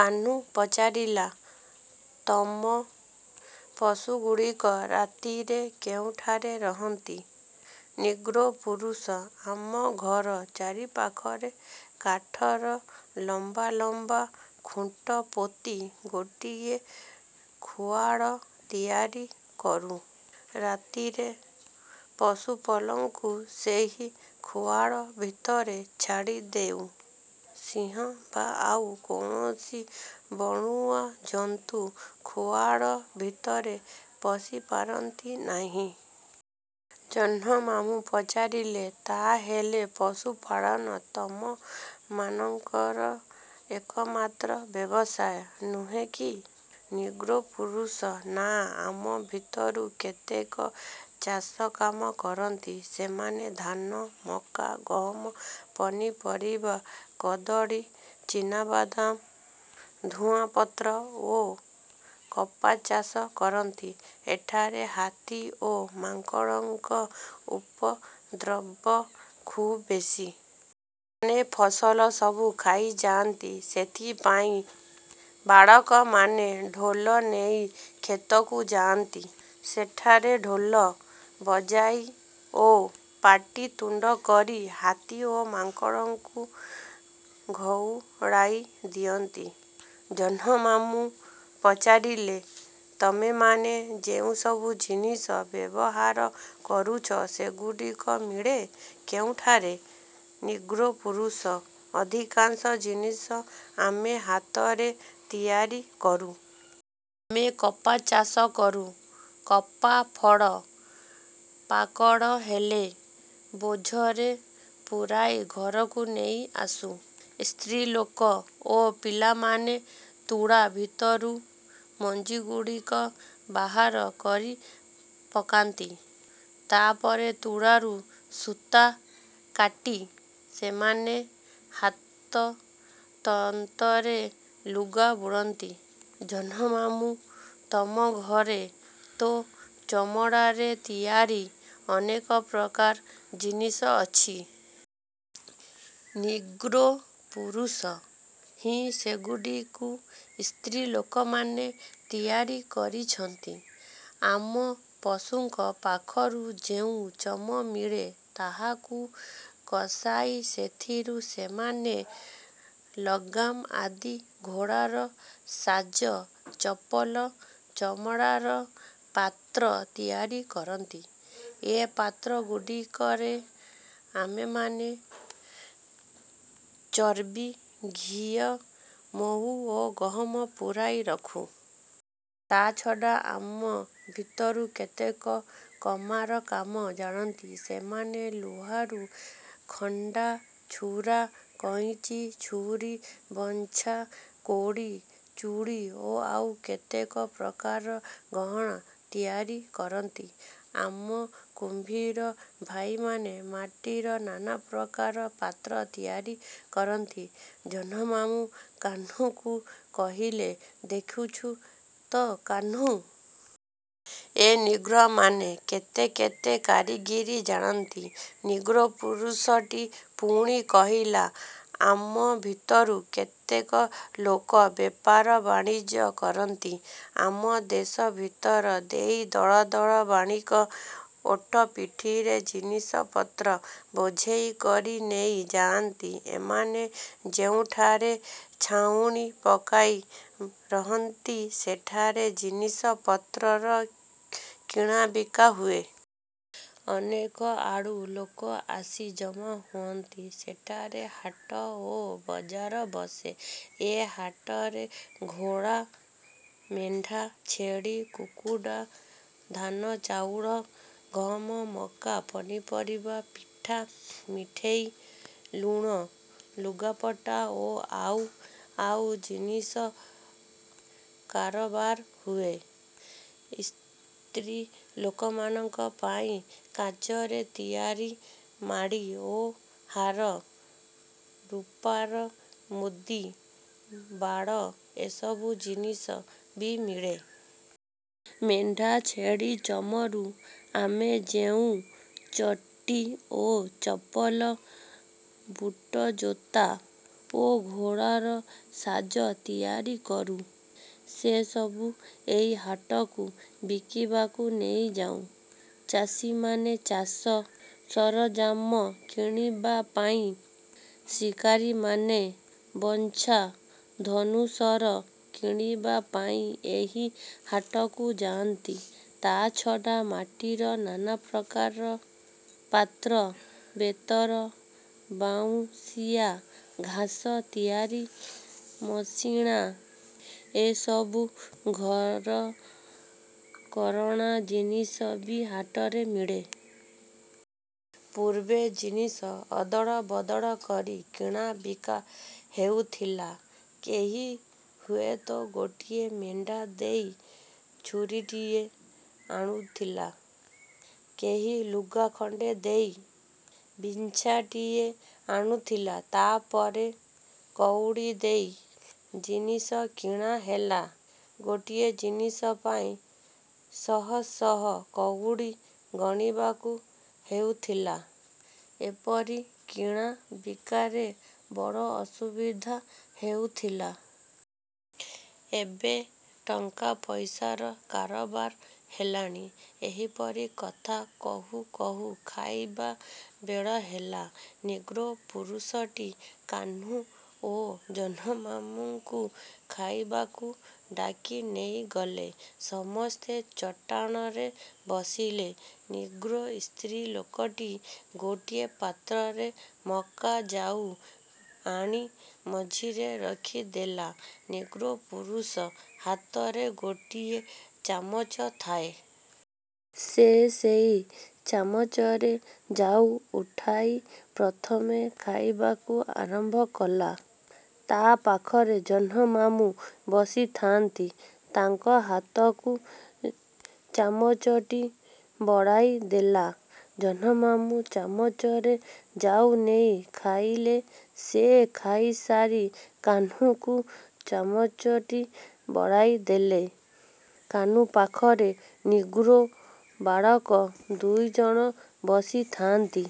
କାହ୍ନୁ ପଚାରିଲା–ତମ ପଶୁଗୁଡ଼ିକ ରାତିରେ କେଉଁଠାରେ ରହନ୍ତି? ନିଗ୍ରୋ ପୁରୁଷ–ଆମ ଘର ଚାରିପାଖରେ କାଠର ଲମ୍ବା ଲମ୍ବା ଖୁଣ୍ଟ ପୋତି ଗୋଟିଏ ଖୁଆଡ଼ ତିଆରି କରୁଁ। ରାତିରେ ପଶୁପଲଙ୍କୁ ଏହି ଖୁଆଡ଼ ଭିତରେ ଛାଡ଼ିଦେଉ। ସିଂହ ବା ଆଉ କୌଣସି ବଣୁଆ ଜନ୍ତୁ ଖୁଆଡ଼ ଭିତରେ ପଶିପାରନ୍ତି ନାହିଁ। ଜହ୍ନମାମୁଁ ପଚାରିଲେ–ତା'ହେଲେ ପଶୁପାଳନ ତମ ମାନଙ୍କର ଏକମାତ୍ର ବ୍ୟବସାୟ, ନୁହେଁ କି? ନିଗ୍ରୋ ପୁରୁଷ–ନା, ଆମ ଭିତରୁ କେତେକ ଚାଷକାମ କରନ୍ତି। ସେମାନେ ଧାନ, ମକା, ଗହମ, ପନିପରିବା, କଦଳୀ, ଚିନାବାଦାମ, ଧୂଆଁପତ୍ର ଓ କପାଚାଷ କରନ୍ତି। ଏଠାରେ ହାତୀ ଓ ମାଙ୍କଡ଼ଙ୍କ ଉପଦ୍ରବ ଖୁବ୍ ବେଶୀ। ସେମାନେ ଫସଲ ସବୁ ଖାଇଯାଆନ୍ତି। ସେଥିପାଇଁ ବାଳକମାନେ ଢୋଲ ନେଇ ଖେତକୁ ଯାଆନ୍ତି। ସେଠାରେ ଢୋଲ। ବଜାଇ ଓ ପାଟିତୁଣ୍ଡ କରି ହାତୀ ଓ ମାଙ୍କଡ଼ଙ୍କୁ ଘଉଡ଼ାଇ ଦିଅନ୍ତି। ଜହ୍ନମାମୁଁ ପଚାରିଲେ–ତମେମାନେ ଯେଉଁସବୁ ଜିନିଷ ବ୍ୟବହାର କରୁଛ, ସେଗୁଡ଼ିକ ମିଳେ କେଉଁଠାରେ? ନିଗ୍ରୋ ପୁରୁଷ–ଅଧିକାଂଶ ଜିନିଷ ଆମେ ହାତରେ ତିଆରି କରୁ। ଆମେ କପାଚାଷ କରୁ। କପାଫଳ ପାକଳ ହେଲେ ବୋଝରେ ପୂରାଇ ଘରକୁ ନେଇଆସୁ। ସ୍ତ୍ରୀଲୋକ ଓ ପିଲାମାନେ ତୁଳା ଭିତରୁ ମଞ୍ଜିଗୁଡ଼ିକ ବାହାର କରି ପକାନ୍ତି। ତା'ପରେ ତୁଳାରୁ ସୂତା କାଟି ସେମାନେ ହାତତନ୍ତରେ ଲୁଗା ବୁଣନ୍ତି। ଜହ୍ନମାମୁଁ–ତମ ଘରେ ତ ଚମଡ଼ାରେ ତିଆରି ଅନେକ ପ୍ରକାର ଜିନିଷ ଅଛି। ନିଗ୍ରୋ ପୁରୁଷ–ହଁ, ସେଗୁଡ଼ିକୁ ସ୍ତ୍ରୀଲୋକମାନେ ତିଆରି କରିଛନ୍ତି। ଆମ ପଶୁଙ୍କ ପାଖରୁ ଯେଉଁ ଚମ ମିଳେ ତାହାକୁ କଷାଇ ସେଥିରୁ ସେମାନେ ଲଗାମ ଆଦି ଘୋଡ଼ାର ସାଜ, ଚପଲ, ଚମଡ଼ାର ପାତ୍ର ତିଆରି କରନ୍ତି। ଏ ପାତ୍ରଗୁଡ଼ିକରେ ଆମେମାନେ ଚର୍ବି, ଘିଅ, ମହୁ ଓ ଗହମ ପୂରାଇ ରଖୁ। ତା'ଛଡ଼ା ଆମ ଭିତରୁ କେତେକ କମାର କାମ ଜାଣନ୍ତି। ସେମାନେ ଲୁହାରୁ ଖଣ୍ଡା, ଛୁରା, କଇଞ୍ଚି, ଛୁରୀ, ବର୍ଚ୍ଛା, କୋଡ଼ି, ଚୁଡ଼ି ଓ ଆଉ କେତେକ ପ୍ରକାର ଗହଣା ତିଆରି କରନ୍ତି। ଆମ କୁମ୍ଭୀର ଭାଇମାନେ ମାଟିର ନାନାପ୍ରକାର ପାତ୍ର ତିଆରି କରନ୍ତି। ଜହ୍ନମାମୁଁ କାହ୍ନୁକୁ କହିଲେ–ଦେଖୁଛୁ ତ କାହ୍ନୁ! ଏ ନିଗ୍ରୋମାନେ କେତେ କେତେ କାରିଗରି ଜାଣନ୍ତି? ନିଗ୍ରୋ ପୁରୁଷଟି ପୁଣି କହିଲା–ଆମ ଭିତରୁ କେତେକ ଲୋକ ବେପାର ବଣିଜ କରନ୍ତି-। ଆମ ଦେଶ ଭିତର ଦେଇ ଦଳ ଦଳ ବଣିକ ଓଟପିଠିରେ ଜିନିଷପତ୍ର ବୋଝେଇ କରି ନେଇ ଯାଆନ୍ତି। ଏମାନେ ଯେଉଁଠାରେ ଛାଉଣି ପକାଇ ରହନ୍ତି, ସେଠାରେ ଜିନିଷପତ୍ରର କିଣାବିକା ହୁଏ-। ଅନେକଆଡ଼ୁ ଲୋକେ ଆସି ଜମା ହୁଅନ୍ତି। ସେଠାରେ ହାଟ ଓ ବଜାର ବସେ। ଏ ହାଟରେ ଘୋଡ଼ା, ମେଣ୍ଢା, ଛେଳି, କୁକୁଡ଼ା, ଧାନଚାଉଳ, ଗହମ, ମକା, ପନିପରିବା, ପିଠା, ମିଠେଇ, ଲୁଣ, ଲୁଗାପଟା ଓ ଆଉ ଆଉ ଜିନିଷ କାରବାର ହୁଏ। ସ୍ତ୍ରୀଲୋକମାନଙ୍କ ପାଇଁ କାଚରେ ତିଆରି ମାଳି ଓ ହାର, ରୂପାର ମୁଦି, ବଳା ଏସବୁ ଜିନିଷ ବି ମିଳେ। ମେଣ୍ଢା ଛେଳି ଚମରୁ ଆମେ ଯେଉଁ ଚଟି ଓ ଚପଲ, ବୁଟଜୋତା ଓ ଘୋଡ଼ାର ସାଜ ତିଆରି କରୁ, ସେସବୁ ଏହି ହାଟକୁ ବିକିବାକୁ ନେଇଯାଉ। ଚାଷୀମାନେ ଚାଷ ସରଞ୍ଜାମ କିଣିବା ପାଇଁ, ଶିକାରୀମାନେ ବର୍ଚ୍ଛା, ଧନୁଶର କିଣିବା ପାଇଁ ଏହି ହାଟକୁ ଯାଆନ୍ତି। ତା'ଛଡ଼ା ମାଟିର ନାନାପ୍ରକାର ପାତ୍ର, ବେତର ବାଉଁଶିଆ, ଘାସ ତିଆରି ମସିଣା ଏସବୁ ଘରକରଣା ଜିନିଷ ବି ହାଟରେ ମିଳେ। ପୂର୍ବେ ଜିନିଷ ଅଦଳବଦଳ କରି କିଣାବିକା ହେଉଥିଲା। କେହି ହୁଏତ ଗୋଟିଏ ମେଣ୍ଢା ଦେଇ ଛୁରୀଟିଏ ଆଣୁଥିଲା। କେହି ଲୁଗା ଖଣ୍ଡେ ଦେଇ ବର୍ଚ୍ଛାଟିଏ ଆଣୁଥିଲା। ତା'ପରେ କଉଡ଼ି ଦେଇ ଜିନିଷ କିଣା ହେଲା। ଗୋଟିଏ ଜିନିଷ ପାଇଁ ଶହଶହ କଉଡ଼ି ଗଣିବାକୁ ହେଉଥିଲା। ଏପରି କିଣା ବିକାରେ ବଡ଼ ଅସୁବିଧା ହେଉଥିଲା। ଏବେ ଟଙ୍କା ପଇସାର କାରବାର ହେଲାଣି। ଏହିପରି କଥା କହୁ କହୁ ଖାଇବା ବେଳ ହେଲା। ନିଗ୍ରୋ ପୁରୁଷଟି କାହ୍ନୁ ଓ ଜହ୍ନମାମୁଁଙ୍କୁ ଖାଇବାକୁ ଡାକି ନେଇଗଲେ। ସମସ୍ତେ ଚଟାଣରେ ବସିଲେ। ନିଗ୍ରୋ ସ୍ତ୍ରୀଲୋକଟି ଗୋଟିଏ ପାତ୍ରରେ ମକା ଜାଉ ଆଣି ମଝିରେ ରଖିଦେଲା। ନିଗ୍ରୋ ପୁରୁଷ ହାତରେ ଗୋଟିଏ ଚାମଚ ଥାଏ। ସେ ସେହି ଚାମଚରେ ଜାଉ ଉଠାଇ ପ୍ରଥମେ ଖାଇବାକୁ ଆରମ୍ଭ କଲା। ତା'ପାଖରେ ଜହ୍ନମାମୁଁ ବସିଥାନ୍ତି। ତାଙ୍କ ହାତକୁ ଚାମଚଟି ବଢ଼ାଇଦେଲା। ଜହ୍ନମାମୁଁ ଚାମଚରେ ଜାଉ ନେଇ ଖାଇଲେ। ସେ ଖାଇସାରି କାହ୍ନୁକୁ ଚାମଚଟି ବଢ଼ାଇ ଦେଲେ। କାହ୍ନୁ ପାଖରେ ନିଗ୍ରୋ ବାଳକ ଦୁଇଜଣ ବସିଥାନ୍ତି।